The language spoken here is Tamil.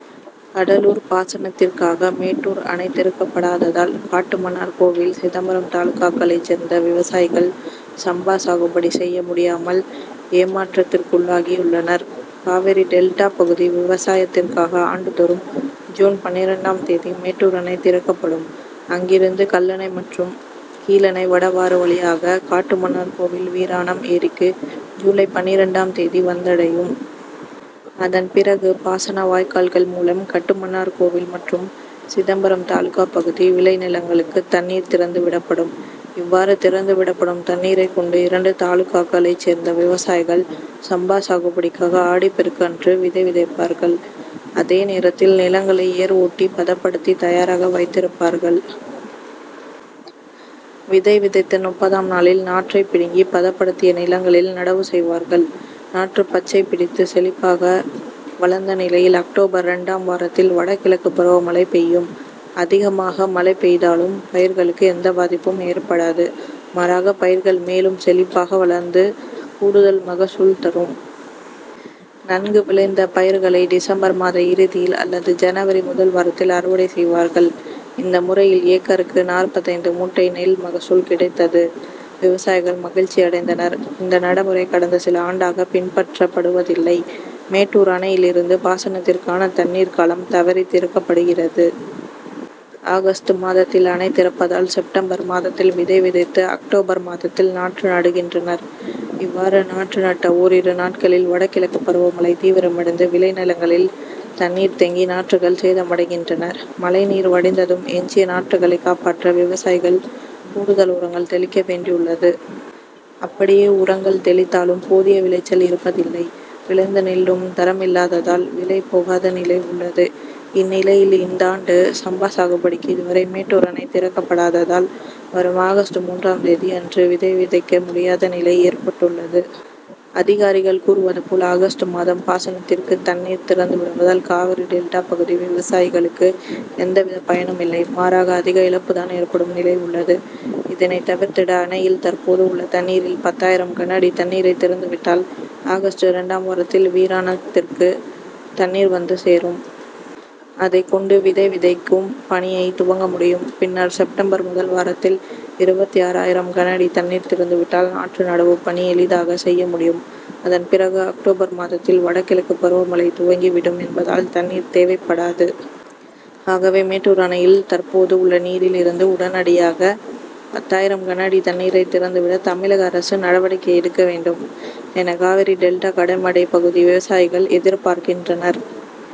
கடலூர் பாசனத்திற்காக மேட் டூர் அணை திறக்கப்படாததால் காட்டுமன்னார் கோவில், சிதம்பரம் தாலுகாக்களைச் சேர்ந்த விவசாயிகள் சம்பா சாகுபடி செய்ய முடியாமல் ஏமாற் றத்திற்குள்ளாகியுள்ளனர். காவிரி டெல்டா பகுதி விவசாயத்திற்காக ஆண்டு தோறும் ஜூன் பன்னிரண்டாம் தேதி மேட்டூர் அணை திறக்கப்படும். அங்கிருந்து கல்லணை மற்றும் கீழணை, வடவாறு வழியாக காட்டுமன்னார்கோவில் வீராணம் ஏரிக்கு ஜூலை பன்னிரண்டாம் தேதி வந்தடையும். அதன் பிறகு பாசன வாய்க்கால்கள் மூலம் கட்டுமன்னார்கோவில் மற்றும் சிதம்பரம் தாலுகா பகுதி விளை நிலங்களுக்கு தண்ணீர் திறந்து விடப்படும். இவ்வாறு திறந்து விடப்படும் தண்ணீரைக் கொண்டு இரண்டு தாலுகாக்களைச் சேர்ந்த விவசாயிகள் சம்பா சாகுபடிக்காக ஆடிப் பெருக்கு அன்று விதை விதைப்பார்கள். அதே நேரத்தில் நிலங் களை ஏர் ஓட்டி பதப்படுத்தி தயாராக வைத்திருப் பார்கள். விதை விதைத்த முப்பதாம் நாளில் நாற்றை பிடுங்கி பதப்படுத்திய நிலங்களில் நடவு செய் வார்கள். நாற்று பச்சை பிடித்து செழிப்பாக வளர்ந்த நிலையில் அக்டோபர் இரண் டாம் வாரத்தில் வடகிழக்கு பருவமழை பெய் யும். அதிகமாக மழை பெய்தாலும், பயிர்களுக்கு எந்த பாதிப்பும் ஏற்படாது. மாறாக பயிர்கள் மேலும் செழிப்பாக வளர்ந்து கூடுதல் மகசூல் தரும். நன்கு விளைந்த பயிர்களை டிசம்பர் மாத இறுதியில் அல்லது ஜனவரி முதல் வாரத்தில் அறுவடை செய்வார்கள். இந்த முறையில் ஏக்கருக்கு நாற்பத்தைந்து மூட்டை நெல் மகசூல் கிடைத்தது. விவசாயிகள் மகிழ்ச்சி அடைந்தனர். இந்த நடைமுறை கடந்த சில ஆண்டாக பின்பற்றப்படுவதில்லை. மேட்டூர் அணையிலிருந்து பாசனத்திற்கான தண்ணீர் காலம் தவறி திறக்கப்படுகிறது. ஆகஸ்ட் மாதத்தில் அணை திறப்பதால் செப்டம்பர் மாதத்தில் விதை விதைத்து அக்டோபர் மாதத்தில் நாற்று நடுகின்றனர். இவ்வாறு நாற்று நட்ட ஓரிரு நாட்களில் வடகிழக்கு பருவமழை தீவிரமடைந்து விளை நிலங்களில் தண்ணீர் தேங்கி நாற்றுகள் சேதமடைகின்றன. மழை நீர் வடிந்ததும் எஞ்சிய நாற்றுகளை காப்பாற்ற விவசாயிகள் கூடுதல் உரங்கள் தெளிக்க வேண்டியுள்ளது. அப்படியே உரங் கள் தெளித்தாலும் போதிய விளைச்சல் இருப்பதில்லை. விளைந்த நெல் லும் தரமில்லாததால் விலை போகாத நிலை உள்ளது. இந்நிலையில் இந் தாண்டு சம்பா சாகுபடிக்கு இதுவரை மேட்டூர் அணை திறக்கப்படாததால், வரும் ஆகஸ்ட் மூன்றாம் தேதி அன்று விதை விதைக்க முடியாத நிலை ஏற்பட்டுள்ளது. அதிகாரிகள் கூறுவது போல் ஆகஸ்ட் மாதம் பாசனத்திற்கு தண்ணீர் திறந்து விடுவதால் காவிரி டெல்டா பகுதி விவசாயிகளுக்கு எந்த வித பயனும் இல்லை. மாறாக அதிக இழப்புதான் ஏற்படும் நிலை உள்ளது. இதனை தவிர்த்திட அணையில் தற்போது உள்ள தண்ணீரில் பத்தாயிரம் கனஅடி தண்ணீரை திறந்து விட்டால் ஆகஸ்ட் இரண் டாம் வாரத்தில் வீராணத் திற்கு தண்ணீர் வந்து சேரும். அதனைக் கொண்டு விதை விதைக் கும் பணியை துவங்க முடியும். பின்னர் செப்டம்பர் முதல் வாரத்தில் இருபத்தாறாயிரம் கன அடி தண்ணீர் திறந்து விட்டால் நாற்று நடவு பணி எளிதாக செய்ய முடியும். அதன் பிறகு அக்டோபர் மாதத்தில் வடகிழக்கு பருவமழை துவங்கி விடும் என்பதால் தண்ணீர் தேவைப்படாது. ஆகவே மேட்டூர் அணையில் தற் போது உள்ள நீரில் இருந்து உடனடியாக பத்தாயிரம் கன அடி தண்ணீரை திறந்து விட தமிழக அரசு நடவடிக்கை எடுக்க வேண்டும் என காவிரி டெல்டா கடைமடை பகுதி விவசாயிகள் எதிர்பார்க்கின்றனர்.